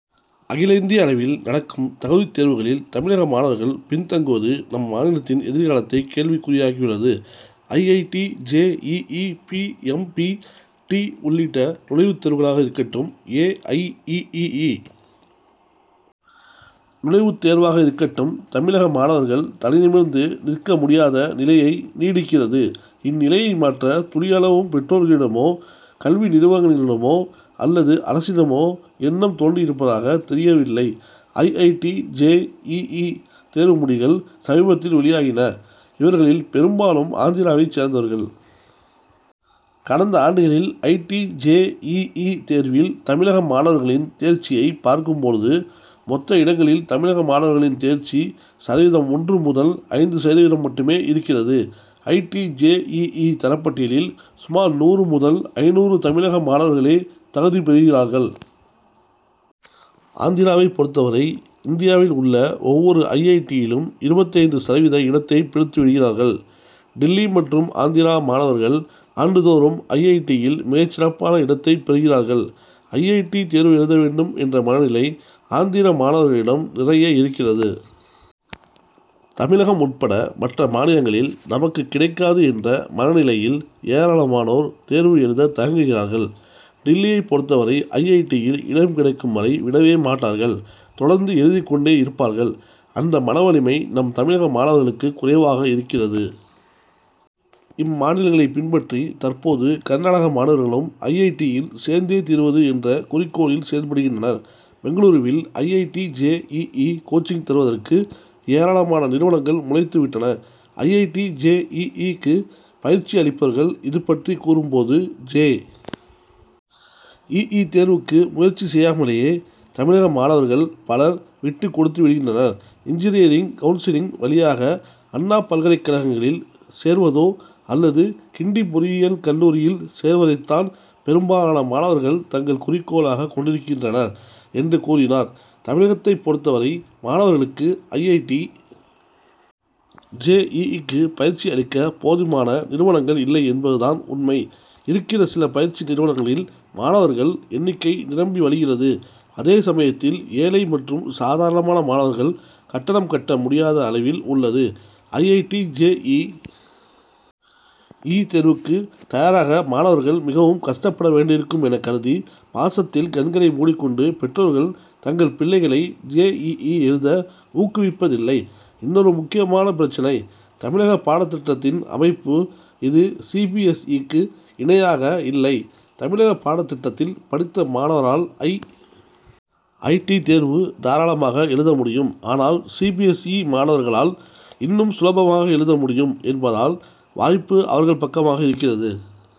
அகில இந்திய அளவில் நடக்கும் தகுதித் தேர்வுகளில், தமிழக மாணவர்கள் பின் தங்குவது, நம் மாநிலத்தின் எதிர்காலத்தை கேள்விக்குறியாக்கியுள்ளது. I. I. T. J. E. E., P. M. P. T., உள்ளிட்ட நுழைவுத் தேர்வுகளாக இருக்கட்டும், ஏ. ஐ. இ. இ. இ., நுழைவுத் தேர்வாக இருக்கட்டும், தமிழக மாணவர்கள் தலைநிமிர்ந்து நிற்க முடியாத நிலையை நீடிக்கிறது. இந்நிலையை மாற்ற, துளி அளவும் பெற்றோர்களிடமோ, கல்வி நிறுவனங்களிடமோ அல்லது அரசிடமோ எண்ணம் தோன்றியிருப்பதாக தெரியவில்லை. I. I. T., J. E. E., தேர்வு முடிவுகள் சமீபத்தில் வெளியாகின. இவர்களில் பெரும்பாலும் ஆந்திராவைச் சேர்ந்தவர்கள். கடந்த ஆண்டுகளில் I. T. J. E. E., தேர்வில் தமிழக மாணவர்களின் தேர்ச்சியைப் பார்க்கும் போது, மொத்த இடங்களில் தமிழக மாணவர்களின் தேர்ச்சி சதவீதம் ஒன்று முதல் ஐந்து சதவீதம் மட்டுமேஇருக்கிறது. I. T. J. E. E., தரப்பட்டியலில் சுமார் நூறு முதல் ஐந்நூறு தமிழக மாணவர்களே தகுதி பெறுகிறார்கள். ஆந்திராவைப் பொறுத்தவரை இந்தியாவில் உள்ள ஒவ்வொரு ஐ. ஐ. டி.,யிலும் இருபத்தைந்து சதவீத இடத்தைப் பிடித்து விடுகிறார்கள். டில்லி மற்றும் ஆந்திரா மாணவர்கள் ஆண்டுதோறும் ஐ. ஐ. டி.,யில் மிகச்சிறப்பான இடத்தைப் பெறுகிறார்கள். ஐ. ஐ. டி., தேர்வு எழுத வேண்டும் என்ற மனநிலை ஆந்திர மாணவர்களிடம் நிறைய இருக்கிறது. தமிழகம் உள்பட மற்ற மாநிலங்களில், நமக்குக் கிடைக்காது' என்ற மனநிலையில் ஏராளமானோர் தேர்வு எழுதத் தயங்குகிறார்கள். டில்லியைப் பொறுத்தவரை, ஐ. ஐ. டி.,யில் இடம் கிடைக்கும் வரை, விடவே மாட்டார்கள். தொடர்ந்து எழுதிக் கொண்டே இருப்பார்கள். அந்த மனவலிமை நம் தமிழக மாணவர்களுக்கு குறைவாகவே இருக்கிறது. இம்மாநிலங்களைப் பின்பற்றி தற்போது கர்நாடக மாணவர்களும், ஐ. ஐ. டி.,யில் சேர்ந்தே தீருவது என்ற குறிக்கோளில் செயல்படுகின்றனர். பெங்களூருவில் I. I. T. J. E. E., coaching தருவதற்கு ஏராளமான நிறுவனங்கள் முளைத்துவிட்டன. I. I. T. J. E. இ.,க்கு பயிற்சி அளிப்பவர்கள் இது பற்றி கூறும் போது, ஜே. இ. இ., தேர்வுக்கு முயற்சி செய்யாமலேயே தமிழக மாணவர்கள் பலர் விட்டுக் கொடுத்துவிடுகின்றனர். இன்ஜினியரிங் கவுன்சிலிங் வழியாக அண்ணா பல்கலைக்கழகங்களில் சேர்வதோ அல்லது கிண்டி பொறியியல் கல்லூரியில்சேர்வதைத்தான் பெரும்பாலான மாணவர்கள் தங்கள் குறிக்கோளாகக் கொண்டிருக்கின்றனர் என்று கூறினார். தமிழகத்தைப் பொறுத்தவரை மாணவர்களுக்கு I. I. T. J. E. இ.,க்கு பயிற்சி அளிக்க போதுமான நிறுவனங்கள் இல்லை என்பதுதான் உண்மை. இருக்கிற சில பயிற்சி நிறுவனங்களில் மாணவர்கள் எண்ணிக்கை நிரம்பி வழிகிறது. அதே சமயத்தில், ஏழை மற்றும்சாதாரண மாணவர்கள் கட்டணம் கட்ட முடியாத அளவில் உள்ளது. I. I. T. J. E. இ.,தேர்வுக்கு தயாராக மாணவர்கள் மிகவும் கஷ்டப்பட வேண்டியிருக்கும் எனக் கருதி பாசத்தில் கண்களை மூடிக்கொண்டு பெற்றோர்கள், தங்கள் பிள்ளைகளை ஜே. இ. இ., எழுத ஊக்குவிப்பதில்லை. இன்னொரு முக்கியமான பிரச்னை, தமிழக பாடத்திட்டத்தின் அமைப்பு. இது சி. பி. எஸ். இ.,க்கு இணையாக இல்லை. தமிழக பாடத்திட்டத்தில் படித்த மாணவரால் ஐ. ஐ. டி., தேர்வு தாராளமாக எழுத முடியும். ஆனால், சி. பி. எஸ். இ., மாணவரால் இன்னும் சுலபமாக எழுத முடியும் என்பதால் வாய்ப்பு அவர்கள் பக்கமாக இருக்கிறது.